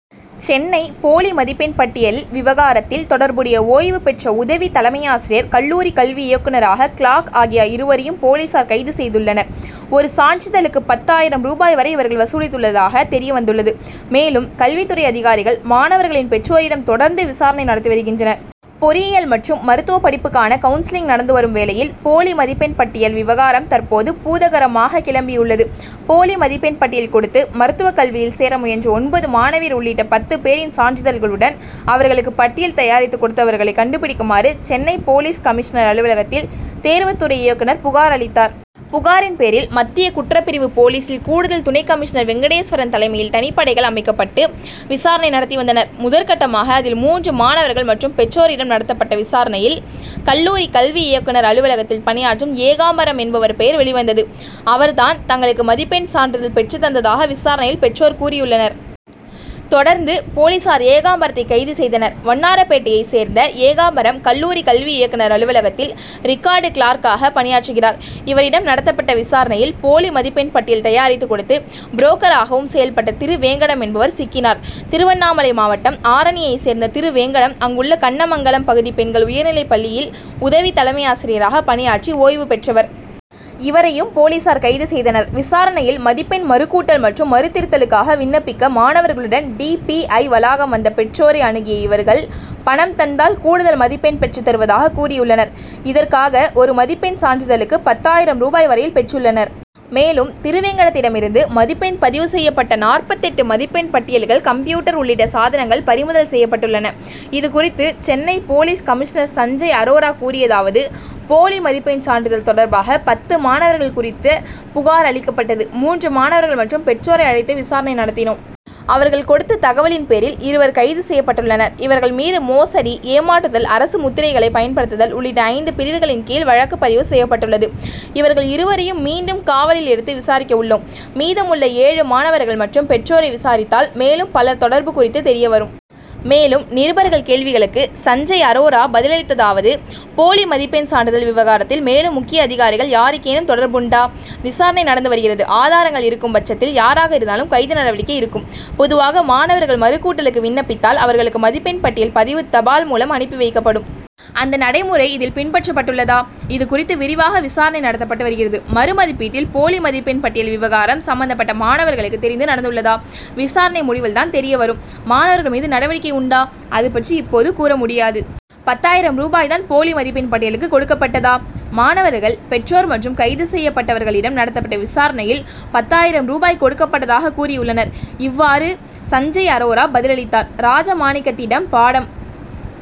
சென்னை போலி மதிப்பெண் பட்டியல் விவகாரத்தில் தொடர்புடைய ஓய்வு பெற்ற உதவி தலைமையாசிரியர், கல்லூரி கல்வி இயக்குனரக கிளார்க் ஆகிய இருவரையும் போலீசார் கைது செய்துள்ளனர். ஒரு சான்றிதழுக்கு பத்து ஆயிரம் ரூபாய் வரை இவர்கள் வசூலித்துள்ளதாகத் தெரிய வந்துள்ளது. மேலும், கல்வித்துறை அதிகாரிகள், மாணவர்களின் பெற்றோரிடம் தொடர்ந்து விசாரணை நடத்தி வருகின்றனர். பொறியியல் மற்றும் மருத்துவப் படிப்புக்கான கவுன்சிலிங் நடந்து வரும் வேளையில், போலி மதிப்பெண் பட்டியல் விவகாரம் தற்போது பூதாகரமாக கிளம்பியுள்ளது. போலி மதிப்பெண் பட்டியல் கொடுத்து, மருத்துவக் கல்வியில் சேர முயன்ற ஒன்பது மாணவியர் உள்ளிட்ட பத்து பேரின் சான்றிதழ்களுடன், அவர்களுக்கு பட்டியல் தயாரித்து கொடுத்தவர்களை கண்டுபிடிக்குமாறு, சென்னை போலீஸ் கமிஷனர் அலுவலகத்தில் தேர்வுத்துறை இயக்குனர் புகார் அளித்தார். புகாரின் பேரில், மத்திய குற்றப்பிரிவு போலீசில் கூடுதல் துணை கமிஷனர் வெங்கடேஸ்வரன் தலைமையில் தனிப்படைகள் அமைக்கப்பட்டு, விசாரணை நடத்தி வந்தனர். முதற்கட்டமாக அதில் மூன்று மாணவர்கள் மற்றும் பெற்றோரிடம் நடத்தப்பட்ட விசாரணையில், கல்லூரி கல்வி இயக்குனர் அலுவலகத்தில் பணியாற்றும் ஏகாம்பரம் என்பவர் பெயர் வெளிவந்தது. அவர் தான் தங்களுக்கு மதிப்பெண் சான்றிதழ் பெற்றுத் தந்ததாக விசாரணையில் பெற்றோர் கூறியுள்ளனர். தொடர்ந்து, போலீசார் ஏகாம்பரத்தை கைது செய்தனர். வண்ணாரப்பேட்டையை சேர்ந்த ஏகாம்பரம் கல்லூரி கல்வி இயக்குனர் அலுவலகத்தில், ரிக்கார்டு கிளார்க்காக பணியாற்றுகிறார். இவரிடம் நடத்தப்பட்ட விசாரணையில், போலி மதிப்பெண் பட்டியல் தயாரித்து கொடுத்து, புரோக்கராகவும் செயல்பட்ட திருவேங்கடம் என்பவர் சிக்கினார். திருவண்ணாமலை மாவட்டம், ஆரணியை சேர்ந்த திருவேங்கடம், அங்குள்ள கண்ணமங்கலம் பகுதி பெண்கள் உயர்நிலைப் பள்ளியில் உதவி தலைமையாசிரியராக பணியாற்றி ஓய்வு பெற்றவர். இவரையும், போலீசார் கைது செய்தனர். விசாரணையில், மதிப்பெண் மறுகூட்டல் மற்றும் மறு திருத்தலுக்காக விண்ணப்பிக்க மாணவர்களுடன் டி. பி. ஐ., வளாகம் வந்த பெற்றோரை அணுகிய இவர்கள், பணம் தந்தால் கூடுதல் மதிப்பெண் பெற்றுத் தருவதாக கூறியுள்ளனர். இதற்காக ஒரு மதிப்பெண் சான்றிதழுக்கு பத்து ஆயிரம் ரூபாய் வரையில் பெற்றுள்ளனர். மேலும், திருவேங்கடத்திடமிருந்து மதிப்பெண் பதிவு செய்யப்பட்ட நாற்பத்தெட்டு மதிப்பெண் பட்டியல்கள், கம்ப்யூட்டர் உள்ளிட்ட சாதனங்கள் பறிமுதல் செய்யப்பட்டுள்ளன. இதுகுறித்து சென்னை போலீஸ் கமிஷனர் சஞ்சய் அரோரா கூறியதாவது: போலி மதிப்பெண் சான்றிதழ் தொடர்பாக, பத்து மாணவர்கள் குறித்த புகார் அளிக்கப்பட்டது. மூன்று மாணவர்கள் மற்றும் பெற்றோரை அழைத்து விசாரணை நடத்தினோம். அவர்கள் கொடுத்த தகவலின் பேரில் இருவர் கைது செய்யப்பட்டுள்ளனர். இவர்கள் மீது மோசடி, ஏமாற்றுதல், அரசு முத்திரைகளை பயன்படுத்துதல் உள்ளிட்ட ஐந்து பிரிவுகளின் கீழ் வழக்குப் பதிவு செய்யப்பட்டுள்ளது. இவர்கள் இருவரையும் மீண்டும் காவலில் எடுத்து விசாரிக்க உள்ளோம். மீதமுள்ள ஏழு மாணவர்கள் மற்றும் பெற்றோரை விசாரித்தால் மேலும் பலர் தொடர்பு குறித்து தெரியவரும். மேலும், நிருபர்கள் கேள்விகளுக்கு சஞ்சய் அரோரா பதிலளித்ததாவது: போலி மதிப்பெண் சான்றிதல் விவகாரத்தில் மேலும் முக்கிய அதிகாரிகள் யாருக்கேனும் தொடர்புண்டா? விசாரணை நடந்து வருகிறது. ஆதாரங்கள் இருக்கும் பட்சத்தில் யாராக இருந்தாலும் கைது நடவடிக்கை இருக்கும். பொதுவாக மாணவர்கள் மறு கூட்டலுக்கு விண்ணப்பித்தால் அவர்களுக்கு மதிப்பெண் பட்டியல் பதிவுத் தபால் மூலம் அனுப்பி வைக்கப்படும். அந்த நடைமுறை இதில் பின்பற்றப்பட்டுள்ளதா? இதுகுறித்து விரிவாக விசாரணை நடத்தப்பட்டு வருகிறது. மறு மதிப்பீட்டில் போலி மதிப்பெண் பட்டியல் விவகாரம் சம்பந்தப்பட்ட மாணவர்களுக்கு தெரிந்து நடந்துள்ளதா? விசாரணை முடிவில் தான் தெரிய வரும். மாணவர்கள் மீது நடவடிக்கை உண்டா? அது பற்றி இப்போது கூற முடியாது. பத்து ஆயிரம் ரூபாய் தான் போலி மதிப்பெண் பட்டியலுக்கு கொடுக்கப்பட்டதா? மாணவர்கள், பெற்றோர் மற்றும் கைது செய்யப்பட்டவர்களிடம் நடத்தப்பட்ட விசாரணையில், பத்து ஆயிரம் ரூபாய் கொடுக்கப்பட்டதாக கூறியுள்ளனர். இவ்வாறு சஞ்சய் அரோரா பதிலளித்தார். ராஜமாணிக்கத்திடம் பாடம்